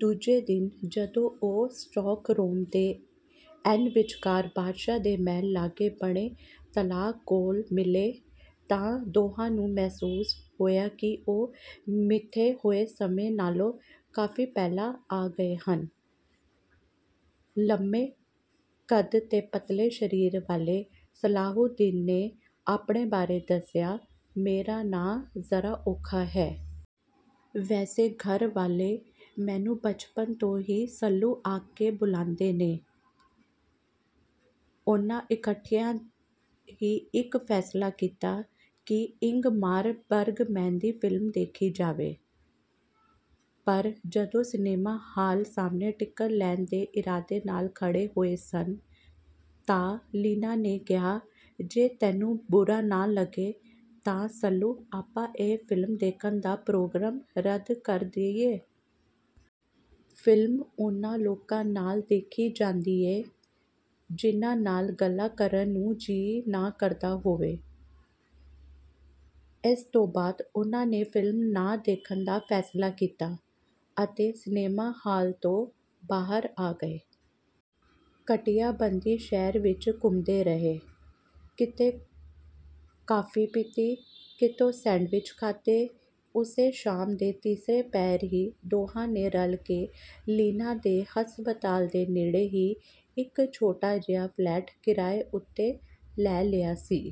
ਦੂਜੇ ਦਿਨ, ਜਦੋਂ ਉਹ ਸਟਾਕਹੋਮ ਦੇ ਐਨ ਵਿਚਕਾਰ ਬਾਦਸ਼ਾਹ ਦੇ ਮਹਿਲ ਲਾਗੇ ਬਣੇ ਤਲਾਅ ਕੋਲ ਮਿਲੇ, ਤਾਂ ਦੋਹਾਂ ਨੂੰ ਮਹਿਸੂਸ ਹੋਇਆ ਕਿ ਉਹ ਮਿੱਥੇ ਹੋਏ ਸਮੇਂ ਨਾਲੋਂ ਕਾਫ਼ੀ ਪਹਿਲਾਂ ਆ ਗਏ ਹਨ। ਲੰਮੇ ਕੱਦ ਤੇ ਪਤਲੇ ਸਰੀਰ ਵਾਲੇ ਸਲਾਹੂਦੀਨ ਨੇ ਆਪਣੇ ਬਾਰੇ ਦੱਸਿਆ, "ਮੇਰਾ ਨਾਂ ਜ਼ਰਾ ਔਖਾ ਹੈ... ਵੈਸੇ ਘਰ ਵਾਲੇ ਮੈਨੂੰ ਬਚਪਨ ਤੋਂ ਹੀ ਸੱਲੂ ਆਖ ਕੇ ਬੁਲਾਂਦੇ ਨੇ।" ਉਹਨਾਂ ਇਕੱਠਿਆਂ ਹੀ ਇੱਕ ਫ਼ੈਸਲਾ ਕੀਤਾ ਕਿ ਇੰਗਮਾਰ ਬਰਗਮੈਨ ਦੀ ਫ਼ਿਲਮ ਦੇਖੀ ਜਾਵੇ। ਪਰ ਜਦੋਂ ਸਿਨੇਮਾ ਹਾਲ ਸਾਹਮਣੇ ਟਿਕਟ ਲੈਣ ਦੇ ਇਰਾਦੇ ਨਾਲ ਖੜ੍ਹੇ ਹੋਏ ਸਨ, ਤਾਂ ਲੀਨਾ ਨੇ ਕਿਹਾ, "ਜੇ ਤੈਨੂੰ ਬੁਰਾ ਨਾ ਲੱਗੇ ਤਾਂ, ਸੱਲੂ, ਆਪਾਂ ਇਹ ਫ਼ਿਲਮ ਦੇਖਣ ਦਾ ਪ੍ਰੋਗਰਾਮ ਰੱਦ ਕਰ ਦੇਈਏ। ਫ਼ਿਲਮ ਉਹਨਾਂ ਲੋਕਾਂ ਨਾਲ ਦੇਖੀ ਜਾਂਦੀ ਏ, ਜਿਨ੍ਹਾਂ ਨਾਲ ਗੱਲਾਂ ਕਰਨ ਨੂੰ ਜੀਅ ਨਾ ਕਰਦਾ ਹੋਵੇ।" ਇਸ ਤੋਂ ਬਾਅਦ ਉਹਨਾਂ ਨੇ ਫ਼ਿਲਮ ਨਾ ਦੇਖਣ ਦਾ ਫ਼ੈਸਲਾ ਕੀਤਾ ਅਤੇ ਸਿਨੇਮਾ ਹਾਲ ਤੋਂ ਬਾਹਰ ਆ ਗਏ। ਘੰਟਿਆਂ ਬੱਧੀ ਸ਼ਹਿਰ ਵਿੱਚ ਘੁੰਮਦੇ ਰਹੇ। ਕਿਤੇ ਕਾਫ਼ੀ ਪੀਤੀ, ਕਿਤੋਂ ਸੈਂਡਵਿਚ ਖਾਧੇ। ਉਸੇ ਸ਼ਾਮ ਦੇ ਤੀਸਰੇ ਪਹਿਰ ਹੀ ਦੋਹਾਂ ਨੇ ਰਲ ਕੇ, ਲੀਨਾ ਦੇ ਹਸਪਤਾਲ ਦੇ ਨੇੜੇ ਹੀ ਇੱਕ ਛੋਟਾ ਜਿਹਾ ਫ਼ਲੈਟ ਕਿਰਾਏ ਉੱਤੇ ਲੈ ਲਿਆ ਸੀ।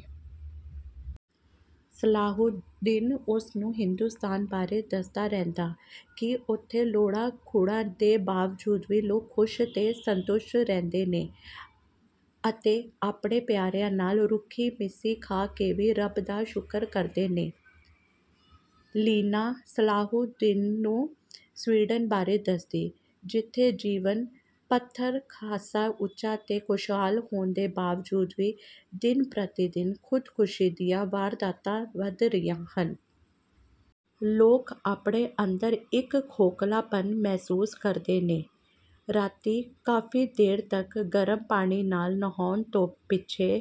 ਸਲਾਹੂਦੀਨ ਉਸਨੂੰ ਹਿੰਦੁਸਤਾਨ ਬਾਰੇ ਦੱਸਦਾ ਰਹਿੰਦਾ ਕਿ ਉੱਥੇ ਲੋੜਾਂ-ਥੁੜਾਂ ਦੇ ਬਾਵਜੂਦ ਵੀ ਲੋਕ ਖੁਸ਼ ਤੇ ਸੰਤੁਸ਼ਟ ਰਹਿੰਦੇ ਨੇ ਅਤੇ ਆਪਣੇ ਪਿਆਰਿਆਂ ਨਾਲ ਰੁੱਖੀ-ਮਿੱਸੀ ਖਾ ਕੇ ਵੀ ਰੱਬ ਦਾ ਸ਼ੁਕਰ ਕਰਦੇ ਨੇ। ਲੀਨਾ ਸਲਾਹੂਦੀਨ ਨੂੰ ਸਵੀਡਨ ਬਾਰੇ ਦੱਸਦੀ—ਜਿੱਥੇ ਜੀਵਨ-ਪੱਧਰ ਖਾਸਾ ਉੱਚਾ ਤੇ ਖੁਸ਼ਹਾਲ ਹੋਣ ਦੇ ਬਾਵਜੂਦ ਵੀ ਦਿਨ-ਪ੍ਰਤੀ-ਦਿਨ ਖ਼ੁਦਕੁਸ਼ੀ ਦੀਆਂ ਵਾਰਦਾਤਾਂ ਵੱਧ ਰਹੀਆਂ ਹਨ। ਲੋਕ ਆਪਣੇ ਅੰਦਰ ਇੱਕ ਖੋਖਲਾਪਨ ਮਹਿਸੂਸ ਕਰਦੇ ਨੇ। ਰਾਤੀਂ ਕਾਫ਼ੀ ਦੇਰ ਤੱਕ ਗਰਮ ਪਾਣੀ ਨਾਲ ਨਹਾਉਣ ਤੋਂ ਪਿੱਛੋਂ...